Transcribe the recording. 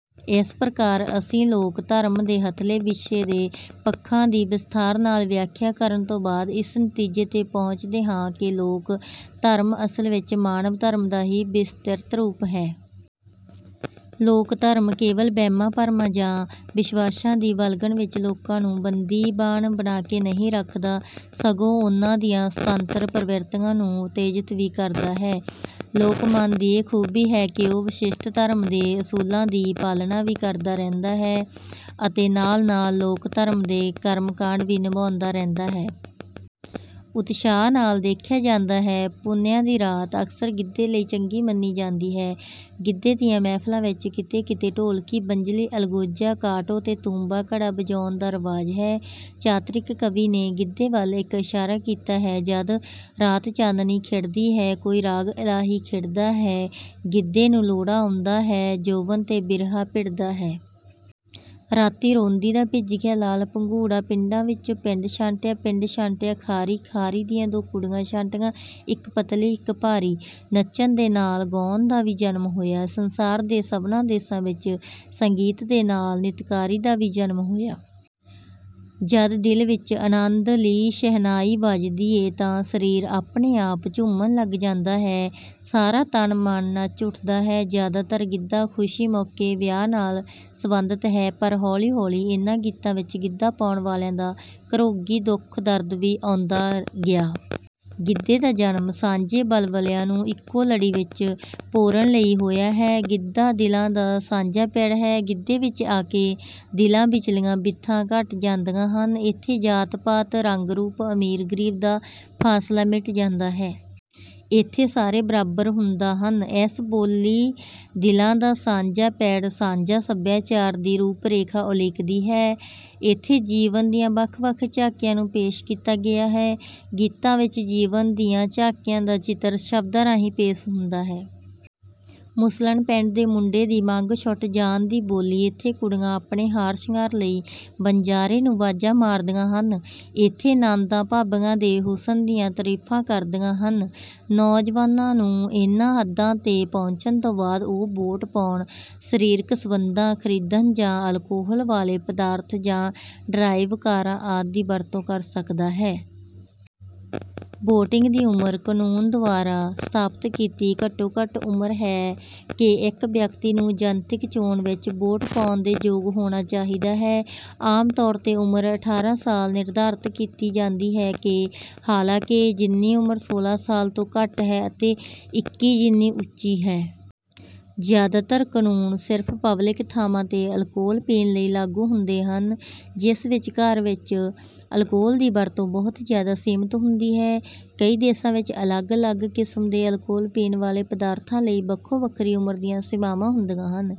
ਇਸ ਪ੍ਰਕਾਰ ਅਸੀਂ ਲੋਕ ਧਰਮ ਦੇ ਹੱਥਲੇ ਵਿਸ਼ੇ ਦੇ ਪੱਖਾਂ ਦੀ ਵਿਸਥਾਰ ਨਾਲ ਵਿਆਖਿਆ ਕਰਨ ਤੋਂ ਬਾਅਦ ਇਸ ਨਤੀਜੇ ਤੇ ਪਹੁੰਚਦੇ ਹਾਂ ਕਿ ਲੋਕ ਧਰਮ ਅਸਲ ਵਿੱਚ ਮਾਨਵ ਧਰਮ ਦਾ ਹੀ ਵਿਸਤ੍ਰਿਤ ਰੂਪ ਹੈ। ਲੋਕ ਧਰਮ ਕੇਵਲ ਵਹਿਮਾਂ ਭਰਮਾਂ ਜਾਂ ਵਿਸ਼ਵਾਸਾਂ ਦੀ ਵਲਗਣ ਵਿੱਚ ਲੋਕਾਂ ਨੂੰ ਬੰਦੀਵਾਨ ਬਣਾ ਕੇ ਨਹੀਂ ਰੱਖਦਾ ਸਗੋਂ ਉਨ੍ਹਾਂ ਦੀਆਂ ਸੁਤੰਤਰ ਪ੍ਰਵਿਰਤੀਆਂ ਨੂੰ ਉਤੇਜਿਤ ਵੀ ਕਰਦਾ ਹੈ। ਲੋਕ ਮਨ ਦੀ ਇਹ ਖੂਬੀ ਹੈ ਕਿ ਉਹ ਵਿਸ਼ਿਸ਼ਟ ਧਰਮ ਦੇ ਅਸੂਲਾਂ ਦੀ ਪਾਲਣਾ ਵੀ ਕਰਦਾ ਰਹਿੰਦਾ ਹੈ ਅਤੇ ਨਾਲ ਨਾਲ ਲੋਕ ਧਰਮ ਦੇ ਕਰਮ ਕਾਂਡ ਵੀ ਨਿਭਾਉਂਦਾ ਰਹਿੰਦਾ ਹੈ। ਉਤਸ਼ਾਹ ਨਾਲ ਦੇਖਿਆ ਜਾਂਦਾ ਹੈ। ਪੁਨਿਆਂ ਦੀ ਰਾਤ ਅਕਸਰ ਗਿੱਧੇ ਲਈ ਚੰਗੀ ਮੰਨੀ ਜਾਂਦੀ ਹੈ। ਗਿੱਧੇ ਦੀਆਂ ਮਹਿਫਲਾਂ ਵਿੱਚ ਕਿੱਤੇ ਕਿੱਤੇ ਢੋਲਕੀ ਵੰਜਲੀ ਅਲਗੋਜਾ ਕਾਟੋ ਤੇ ਤੂੰਬਾ ਘੜਾ ਵਜਾਉਣ ਦਾ ਰਿਵਾਜ ਹੈ। ਚਾਤ੍ਰਿਕ ਕਵੀ ਨੇ ਗਿੱਧੇ ਵੱਲ ਇੱਕ ਇਸ਼ਾਰਾ ਕੀਤਾ ਹੈ ਜਦ ਰਾਤ ਚਾਨਣੀ ਖਿੜਦੀ ਹੈ ਕੋਈ ਰਾਗ ਇਲਾਹੀ ਖਿੜਦਾ ਹੈ ਗਿੱਧੇ ਨੂੰ ਲੋਹੜਾ ਆਉਂਦਾ ਹੈ ਜ਼ੋਬਨ ਤੇ ਬਿਰਹਾ ਭਿੜਦਾ ਹੈ। ਰਾਤੀਂ ਰੋਂਦੀ ਦਾ ਭਿੱਜ ਗਿਆ ਲਾਲ ਪੰਗੂੜਾ। ਪਿੰਡਾਂ ਵਿੱਚੋਂ ਪਿੰਡ ਛਾਟਿਆਂ ਪਿੰਡ ਛਾਟਿਆਂ ਖਾਰੀ ਖਾਰੀ ਦੀਆਂ ਦੋ ਕੁੜੀਆਂ ਛਾਟੀਆਂ ਇੱਕ ਪੱਤਲੀ ਇੱਕ ਭਾਰੀ। ਨੱਚਣ ਦੇ ਨਾਲ ਗਾਉਣ ਦਾ ਵੀ ਜਨਮ ਹੋਇਆ ਹੈ। ਸੰਸਾਰ ਦੇ ਸਭਨਾ ਦੇਸ਼ਾਂ ਵਿੱਚ ਸੰਗੀਤ ਦੇ ਨਾਲ ਨਿਤਕਾਰੀ ਦਾ ਵੀ ਜਨਮ ਹੋਇਆ। ਜਦ ਦਿਲ ਵਿੱਚ ਆਨੰਦ ਲੀ ਛਹਿਣਾਈ ਵੱਜਦੀ ਏ ਤਾਂ ਸਰੀਰ ਆਪਣੇ ਆਪ ਝੂਮਣ ਲੱਗ ਜਾਂਦਾ ਹੈ। ਸਾਰਾ ਤਨ ਮਨ ਨੱਚ ਉਠਦਾ ਹੈ। ਜਿਆਦਾਤਰ ਗਿੱਧਾ ਖੁਸ਼ੀ ਮੋਕੇ ਵਿਆਹ ਨਾਲ ਸਬੰਧਤ ਹੈ। ਪਰ ਹੋਲੀ ਹੋਲੀ ਇਹਨਾਂ ਗੀਤਾਂ ਵਿੱਚ ਗਿੱਧਾ ਪਾਉਣ ਵਾਲਿਆਂ ਦਾ ਘਰੋਗੀ ਦੁੱਖ ਦਰਦ ਵੀ ਆਉਂਦਾ ਗਿਆ। ਗਿੱਧੇ ਦਾ ਜਨਮ ਸਾਂਝੇ ਵਲਵਲਿਆਂ ਨੂੰ ਇੱਕੋ ਲੜੀ ਵਿੱਚ ਪੋਰਣ ਲਈ ਹੋਇਆ ਹੈ। ਗਿੱਧਾ ਦਿਲਾਂ ਦਾ ਸਾਂਝਾ ਪਿੜ ਹੈ। ਗਿੱਧੇ ਵਿੱਚ ਆ ਕੇ ਦਿਲਾਂ ਵਿੱਚਲੀਆਂ ਵਿੱਥਾਂ ਘੱਟ ਜਾਂਦੀਆਂ ਹਨ। ਇੱਥੇ ਜਾਤ ਪਾਤ ਰੰਗ ਰੂਪ ਅਮੀਰ ਗਰੀਬ ਦਾ ਫਾਸਲਾ ਮਿਟ ਜਾਂਦਾ ਹੈ। ਇੱਥੇ ਸਾਰੇ ਬਰਾਬਰ ਹੁੰਦਾ ਹਨ। ਇਸ ਬੋਲੀ ਦਿਲਾਂ ਦਾ ਸਾਂਝਾ ਪਿੜ ਸਾਂਝਾ ਸਭਿਆਚਾਰ ਦੀ ਰੂਪ ਰੇਖਾ ਉਲੀਕਦੀ ਹੈ। ਇੱਥੇ ਜੀਵਨ ਦੀਆਂ ਵੱਖ ਵੱਖ ਝਾਕੀਆਂ ਨੂੰ ਪੇਸ਼ ਕੀਤਾ ਗਿਆ ਹੈ। ਗੀਤਾਂ ਵਿੱਚ ਜੀਵਨ ਦੀਆਂ ਝਾਕੀਆਂ ਦਾ ਚਿੱਤਰ ਸ਼ਬਦਾਂ ਰਾਹੀਂ ਪੇਸ਼ ਹੁੰਦਾ ਹੈ। ਮਸਲਨ ਪਿੰਡ ਦੇ ਮੁੰਡੇ ਦੀ ਮੰਗ ਛੁਟ ਜਾਣ ਦੀ ਬੋਲੀ ਇੱਥੇ ਕੁੜੀਆਂ ਆਪਣੇ ਹਾਰ ਸ਼ਿੰਗਾਰ ਲਈ ਵਣਜਾਰੇ ਨੂੰ ਵਾਜਾਂ ਮਾਰਦੀਆਂ ਹਨ ਇੱਥੇ ਨਣਦਾਂ ਭਾਬੀਆਂ ਦੇ ਹੁਸਨ ਦੀਆਂ ਤਾਰੀਫਾਂ ਕਰਦੀਆਂ ਹਨ। ਨੌਜਵਾਨਾਂ ਨੂੰ ਇਹਨਾਂ ਹੱਦਾਂ ਤੇ ਪਹੁੰਚਣ ਤੋਂ ਬਾਅਦ ਉਹ ਵੋਟ ਪਾਉਣ ਸਰੀਰਕ ਸਬੰਧਾਂ ਖਰੀਦਣ ਜਾਂ ਅਲਕੋਹਲ ਵਾਲੇ ਪਦਾਰਥ ਜਾਂ ਡਰਾਈਵ ਕਾਰਾਂ ਆਦਿ ਦੀ ਵਰਤੋਂ ਕਰ ਸਕਦਾ ਹੈ। ਵੋਟਿੰਗ ਦੀ ਉਮਰ ਕਾਨੂੰਨ ਦੁਆਰਾ ਸਥਾਪਿਤ ਕੀਤੀ ਘੱਟੋ ਘੱਟ ਉਮਰ ਹੈ ਕਿ ਇੱਕ ਵਿਅਕਤੀ ਨੂੰ ਜਨਤਕ ਚੋਣ ਵਿੱਚ ਵੋਟ ਪਾਉਣ ਦੇ ਯੋਗ ਹੋਣਾ ਚਾਹੀਦਾ ਹੈ। ਆਮ ਤੌਰ ਤੇ ਉਮਰ ਅਠਾਰਾਂ ਸਾਲ ਨਿਰਧਾਰਤ ਕੀਤੀ ਜਾਂਦੀ ਹੈ ਹਾਲਾਂਕਿ ਜਿੰਨੀ ਉਮਰ ਸੋਲਾਂ ਸਾਲ ਤੋਂ ਘੱਟ ਹੈ ਅਤੇ ਇਕੀ ਜਿੰਨੀ ਉੱਚੀ ਹੈ। ਜ਼ਿਆਦਾਤਰ ਕਾਨੂੰਨ ਸਿਰਫ ਪਬਲਿਕ ਥਾਵਾਂ ਤੇ ਅਲਕੋਹਲ ਪੀਣ ਲਈ ਲਾਗੂ ਹੁੰਦੇ ਹਨ ਜਿਸ ਵਿੱਚ ਘਰ ਵਿੱਚ ਅਲਕੋਹਲ ਦੀ ਵਰਤੋਂ ਬਹੁਤ ਜ਼ਿਆਦਾ ਸੀਮਿਤ ਹੁੰਦੀ ਹੈ। ਕਈ ਦੇਸ਼ਾਂ ਵਿੱਚ ਅਲੱਗ ਅਲੱਗ ਕਿਸਮ ਦੇ ਅਲਕੋਹਲ ਪੀਣ ਵਾਲੇ ਪਦਾਰਥਾਂ ਲਈ ਵੱਖੋ ਵੱਖਰੀ ਉਮਰ ਦੀਆਂ ਸੀਮਾਵਾਂ ਹੁੰਦੀਆਂ ਹਨ।